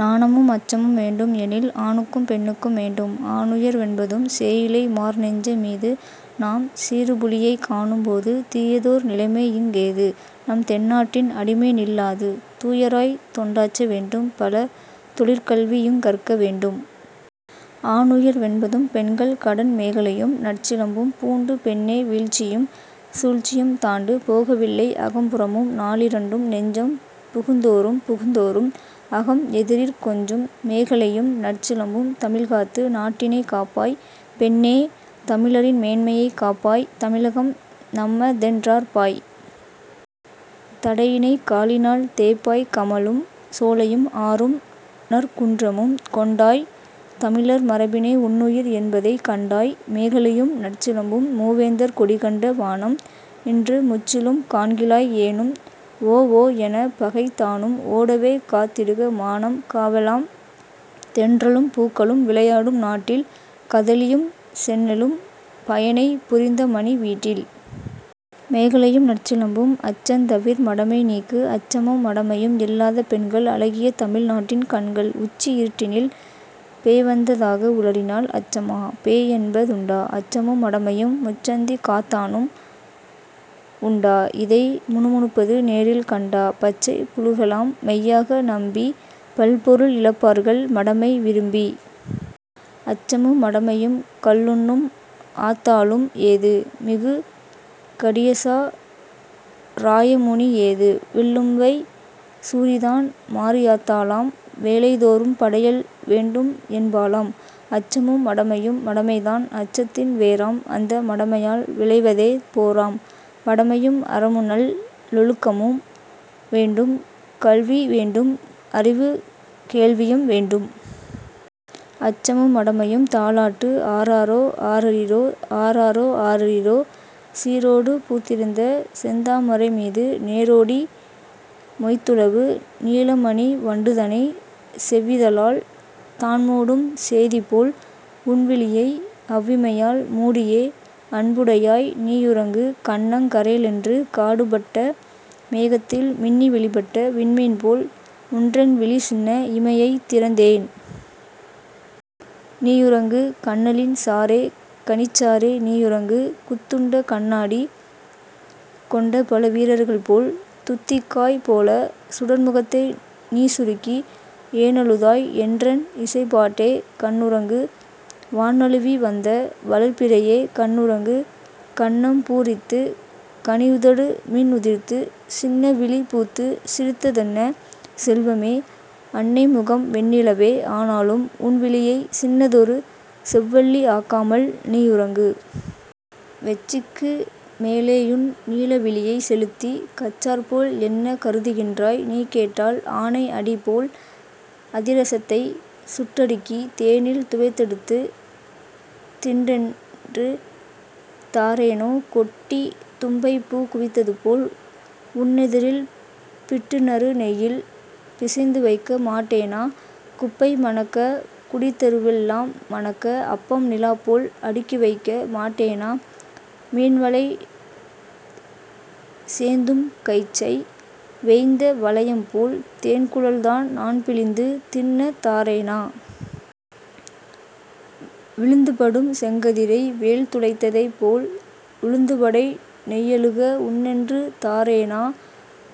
நாணமும் அச்சமும் வேண்டும் -- எனில் ஆணுக்கும் பெண்ணுக்கும் வேண்டும். ஆணுயர் வென்பதும்... சேயிழை மார்நெஞ்ச மீது -- நாம் சீறுபுலி யைக்காணும் போது தீயதோர் நிலைமைஇங் கேது? -- நம் தென்னாட்டின் அடிமைநில் லாது. தூயராய்த் தொண்டாற்ற வேண்டும் -- பல தொழிற்கல்வி யுங்கற்க வேண்டும். ஆணுயர் வென்பதும்... பெண்கள் கடன் மேகலையும் நற்சிலம்பும் பூண்டு -- பெண்ணே வீழ்ச்சியும் சூழ்ச்சியும் தாண்டு! போகவில்லை அகம்புறமும், நாலிரண்டும் நெஞ்சம் புகுந்தோறும் புகுந்தோறும் அறம் எதிரிற் கொஞ்சும் மேகலையும் நற்சிலம்பும்... தமிழ்காத்து நாட்டினைக் காப்பாய் -- பெண்ணே தமிழரின் மேன்மையைக் காப்பாய் தமிழகம் நம்மதென் றார்ப்பாய்। தடையினைக் காலினால் தேய்ப்பாய்! கமழும் சோலையும், ஆறும் நற்குன்றமும் கொண்டாய் தமிழர் மரபினை உன்னுயிர் என்பதைக் கண்டாய். மேகலையும் நற்சிலம்பும்... மூவேந்தர் கொடி கண்ட வானம் -- இன்று முற்றிலும் கான்கிலாய் ஏனும் ஓஓஎ னப் பகை தானும் ஓடவே காத் திடுக மானம் காவெலாம் தென்றலும் பூக்களும் விளையாடும் நாட்டில் கதலியும் செந்நெலும் பயனைப் புரிந்தமணி வீட்டில். மேகலையும் நற்சிலம்பும்... அச்சந்தவிர், மடமை நீக்கு! அச்சமும் மடமையும் இல்லாத பெண்கள் அழகிய தமிழ் நாட்டின் கண்கள் உச்சி இருட்டினில் பேய்வந்த தாக உளறினால் அச்சமா? பேய் என்ப துண்டா? அச்சமும் மடமையும்... முச்சந்திக் காத்தானும் உண்டா? -- இதை முணுமுணுப்பது நேரில் கண்டா? பச்சைப் புளுகெலாம் மெய்யாக நம்பிப் பல்பொருள் இழப்பார்கள் மடமை விரும்பி! அச்சமும் மடமையும்... கள்ளுண்ணும் ஆத்தாளும் ஏது? -- மிகு கடியசா ராயமுனி ஏது? விள்ளும்வை சூரிதான் மாரியாத் தாளாம்; வேளைதோறும் படையல் வேண்டும்என் பாளாம். அச்சமும் மடமையும்... மடமைதான் அச்சத்தின் வேராம் -- அந்த மடமையால் விளைவதே போராம்! மடமையும் அறமுநல் லொழுக்கமும் வேண்டும் கல்விவேண் டும்அறிவு கேள்வியும் வேண்டும். அச்சமும் மடமையும்... தாலாட்டு ஆராரோ ஆரரிரோ ஆராரோ ஆரரிரோ! சீரோடு பூத்திருந்த செந்தாமரை மீது நேரோடி மொய்த்துலவு நீலமணி வண்டுதனைச் செவ்விதழால் தான்மூடும் சேதிபோல் உன்விழியை அவ்விமையால் மூடியே அன்புடையாய் நீயுறங்கு! கன்னங் கறேலென்று காடுபட்ட மேகத்தில் மின்னி வெளிப்பட்ட விண்மீன்போல் உன்றன்விழி சின்ன இமையைத் திறந்ததேன்? நீயுறங்கு! கன்னலின் சாறே கனிச்சாறே நீயுறங்கு! குத்துண்ட கண்ணாடி கொண்டபல வீரர்கள்போல் துத்திக்காய் போலச் சுடர்முகத்தை நீசுருக்கி ஏனழுதாய் என்றன் இசைப்பாட்டே கண்ணுறங்கு! வான்நழுவி வந்த வளர்பிறையே கண்ணுறங்கு! கன்னம்பூ ரித்துக் கனியுதடு மின்உதிர்த்துச் சின்னவிழி பூத்துச் சிரித்ததென்ன செல்வமே? அன்னைமுகம் வெண்ணிலவே ஆனாலும் உன்விழியைச் சின்னதொரு செவ்வல்லி ஆக்காமல் நீயுறங்கு! நெற்றிக்கு மேலேயுன் நீலவிழியைச் செலுத்திக் கற்றார்போல் என்ன கருதுகின்றாய்? நீகேட்டால் ஆனை அடிபோல் அதிரசத்தைச் சுட்டடுக்கித் தேனில் துவைத்தெடுத்துத் தின்னென்று தாரேனோ? கொட்டித் தும்பைப்பூக் குவித்ததுபோல் உன்னெதிரில் பிட்டுநறு நெய்யில் பிசைந்துவைக்க மாட்டேனா? குப்பைமணக்கக் குடித்தெருவெல் லாம் மணக்க அப்பம் நிலாப்போல் அடுக்கிவைக்க மாட்டேனா? மீன்வலைசேந் தும்கயிற்றை வேய்ந்த வளையம்போல் தேன்குழல்தான் நான்பிழிந்து தின்னத் தாரேனா? விழுந்துபடும் செங்கதிரை வேல் துளைத்ததைப்போல் உழுந்துவடை நெய்யழுக உண்ணென்று தாரேனா?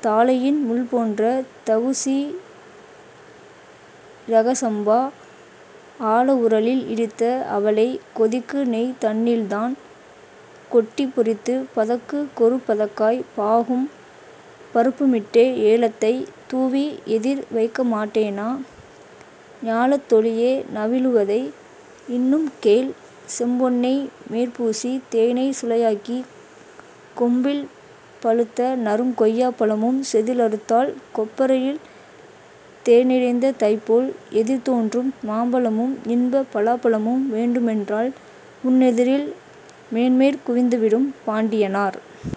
தாழையின் முள்போன்ற தகுசீ ரகச்சம்பா ஆழ உரலில் இடித்த அவலைக் கொதிக்குநெய் தன்னில்தான் கொட்டிப் பொறித்துப் பதக்குக் கொருபதக்காய்ப் பாகும் பருப்புமிட்டே ஏலத்தைத் தூவி எதிர் வைக்கமாட்டேனா? ஞாலத்தொளியே நவிலுவதை இன்னும் கேள்: செம்பொன்னை மேற்பூசித் தேனைச் சுளையாக்கிக் கொம்பில் பழுத்தநறுங் கொய்யாப் பழமும் செதில்அறுத்தால் கொப்பரையில் தேன்நிறைந்த தைப்போல் எதிர்த்தோன்றும் மாம்பழமும் இன்பப் பலாப்பழமும் வேண்டுமென்றால் உன்னெதிரில் மேன்மேற் குவிந்துவிடும். பாண்டியனார்